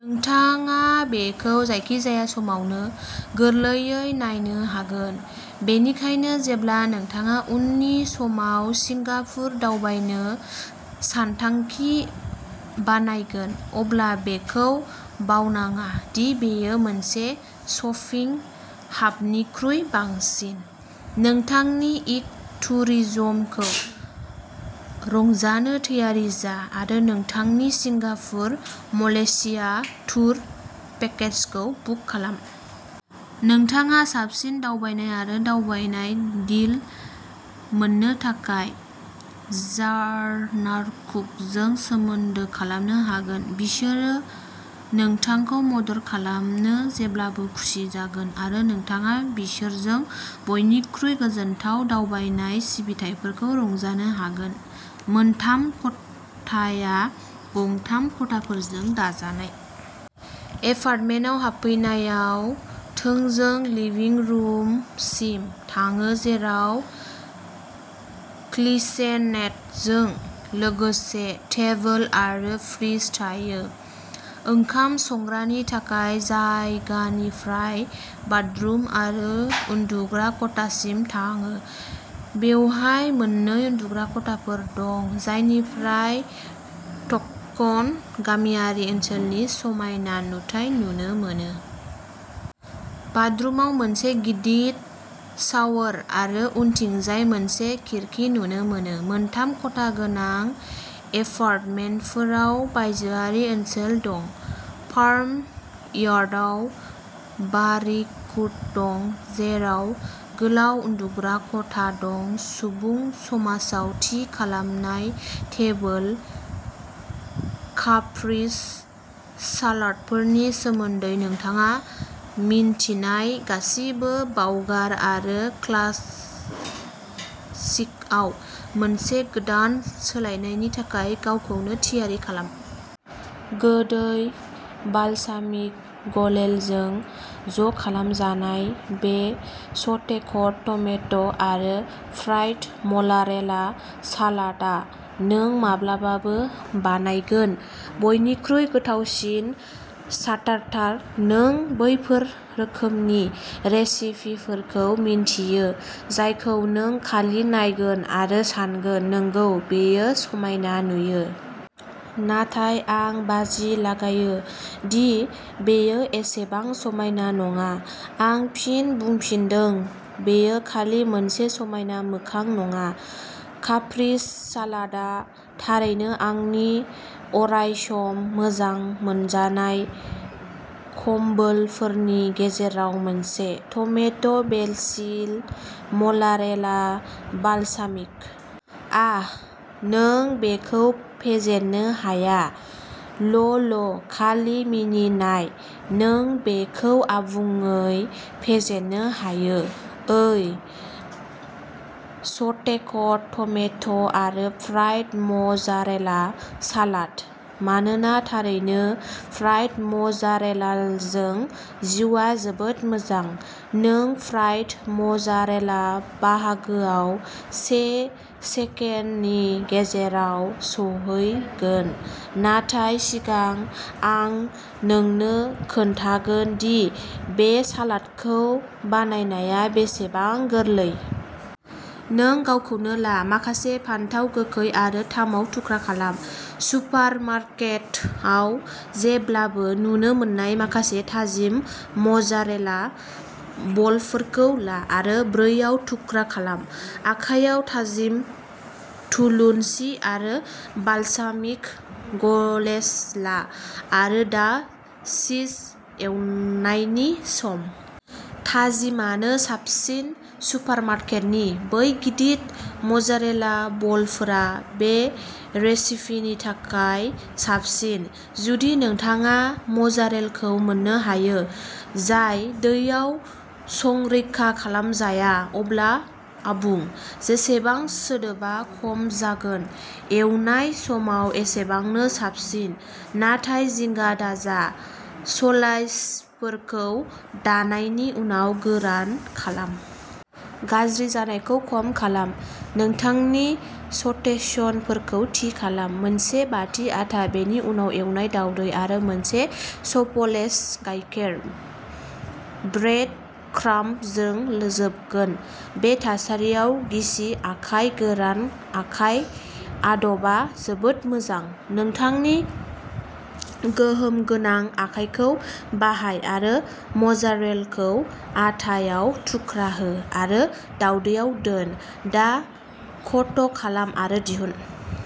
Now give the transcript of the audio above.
नोंथाङा बेखौ जायखिजाया समावनो गोरलैयै नायनो हागोन। बेनिखायनो जेब्ला नोंथाङा उननि समाव सिंगापुर दावबायनो सानथांखि बानायगोन, अब्ला बेखौ बावनाङा दि बेयो मोनसे शपिं हाबनिख्रुइ बांसिन। नोंथांनि इक' टुरिजमखौ रंजानो थियारि जा आरो नोंथांनि सिंगापुर मलेशिया टुर पेकेजखौ बुक खालाम। नोंथाङा साबसिन दावबायनाय आरो दावबायनाय डिल मोननो थाखाय जार्नाकुकजों सोमोन्दो खालामनो हागोन। बिसोरो नोंथांखौ मदद खालामनो जेब्लाबो खुसि जागोन आरो नोंथाङा बिसोरजों बयनिख्रुइ गोजोनथाव दावबायनाय सिबिथाइफोरखौ रंजानो हागोन। मोनथाम खथाया गंथाम खथाफोरजों दाजानाय। एपार्टमेन्टआव हाबफैनायाव थोंजों लिभिं रुमसिम थाङो जेराव क्लिचेनेटजों लोगोसे टेबोल आरो फ्रिज थायो। ओंखाम संग्रानि थानाय जायगानिफ्राय बाथरुम आरो उन्दुग्रा खथासिम थाङो। बेवहाय मोन्नै उन्दुग्रा खथाफोर दं जायनिफ्राय टकन गामियारि ओनसोलनि समायना नुथाय नुनो मोनो। बाथरुमाव मोनसे गिदिर शावर आरो उनथिंजाय मोनसे खिरखि नुनो मोनो। मोनथाम खथा गोनां एपार्टमेन्टफोराव बायजोआरि ओनसोल दं, फार्म यार्डआव बारबिक्यु दं जेराव गोलाव उन्दुग्रा खथा दं। सुबुं समाजाव थि खालामनाय टेबोल। काप्रीस सालादफोरनि सोमोन्दै नोंथाङा मिन्थिनाय गासिबोखौ बावगार आरो क्लासिकआव मोनसे गोदान सोलायनायनि थाखाय गावखौनो थियारि खालाम। गोदै बालसामिक गलेजजों ज' खालामजानाय, बे स्टेक्ड टमेट' आरो फ्राइड मजारेला सालादआ नों माब्लाबाबो बानायगोन बयनिख्रुइ गोथावसिन स्टार्टार! नों बैफोर रोखोमनि रेसिपिफोरखौ मिन्थियो जायखौ नों खालि नायगोन आरो सानगोन नंगौ, बेयो समायना नुयो। नाथाय आं बाजि लागायो दि बेयो एसेबां समायना नङा'। आं फिन बुंफिनदों, बेयो खालि मोनसे समायना मोखां नङा। काप्रीस सालादआ थारैनो आंनि अरायसम मोजां मोनजानाय कम्बोलफोरनि गेजेराव मोनसे। Tomato ', basil, mozzarella, balsamic. आह। नों बेखौ फेजेननो हाया। ल'ल खालि मिनिनाय, नों बेखौ आबुङै फेजेननो हायो। ओइ, स्टेक्ड टमेट' आरो फ्राइड मजारेला सालाद! मानोना थारैनो, फ्राइड मजारेलाजों जिउआ जोबोद मोजां। नों फ्रायड मजारेला बाहागोआव से सेकेन्डनि गेजेराव सौहैगोन, नाथाय सिगां आं नोंनो खोन्थागोन दि बे सालादखौ बानायनाया बेसेबां गोरलै। नों गावखौनो ला। माखासे फानथाव गोखै आरो थामआव थुख्रा खालाम। सुपारमार्केटआव जेब्लाबो नुनो मोननाय माखासे थाजिम मजारेला बलफोरखौ ला आरो ब्रैआव थुख्रा खालाम। आखायाव थाजिम थुलुनसि आरो बालसामिक ग्लेज ला आरो दा चिज एवनायनि सम! थाजिमानो साबसिन सुपारमार्केटनि बै गिदिर मजारेला बलफोरा बे रेसिपिनि थाखाय साबसिन। जुदि नोंथाङा मजारेलखौ मोननो हायो जाय दैयाव संरैखा खालामजाया, अब्ला आबुं। जेसेबां सिदोबआ खम जागोन, एवनाय समाव एसेबांनो साबसिन। नाथाय जिंगा दाजा, स्लाइसफोरखौ दाननायनि उनाव गोरान खालाम! गाज्रि जानायखौ खम खालाम नोंथांनि स्टेशनफोरखौ थि खालामः मोनसे बाटि आटा, बेनि उनाव एवनाय दावदै आरो मोनसे स्प्लेश गायखेर, ब्रेडक्राम्बजों जोबगोन। बे थासारियाव गिसि आखाय गोरान आखाय आदबआ जोबोद मोजां। नोंथांनि गोहोम गोनां आखायखौ बाहाय आरो मजारेलखौ आटा आव थुख्रा हो आरो दावदैआव दोन। दा क'ट खालाम आरो दिहुन।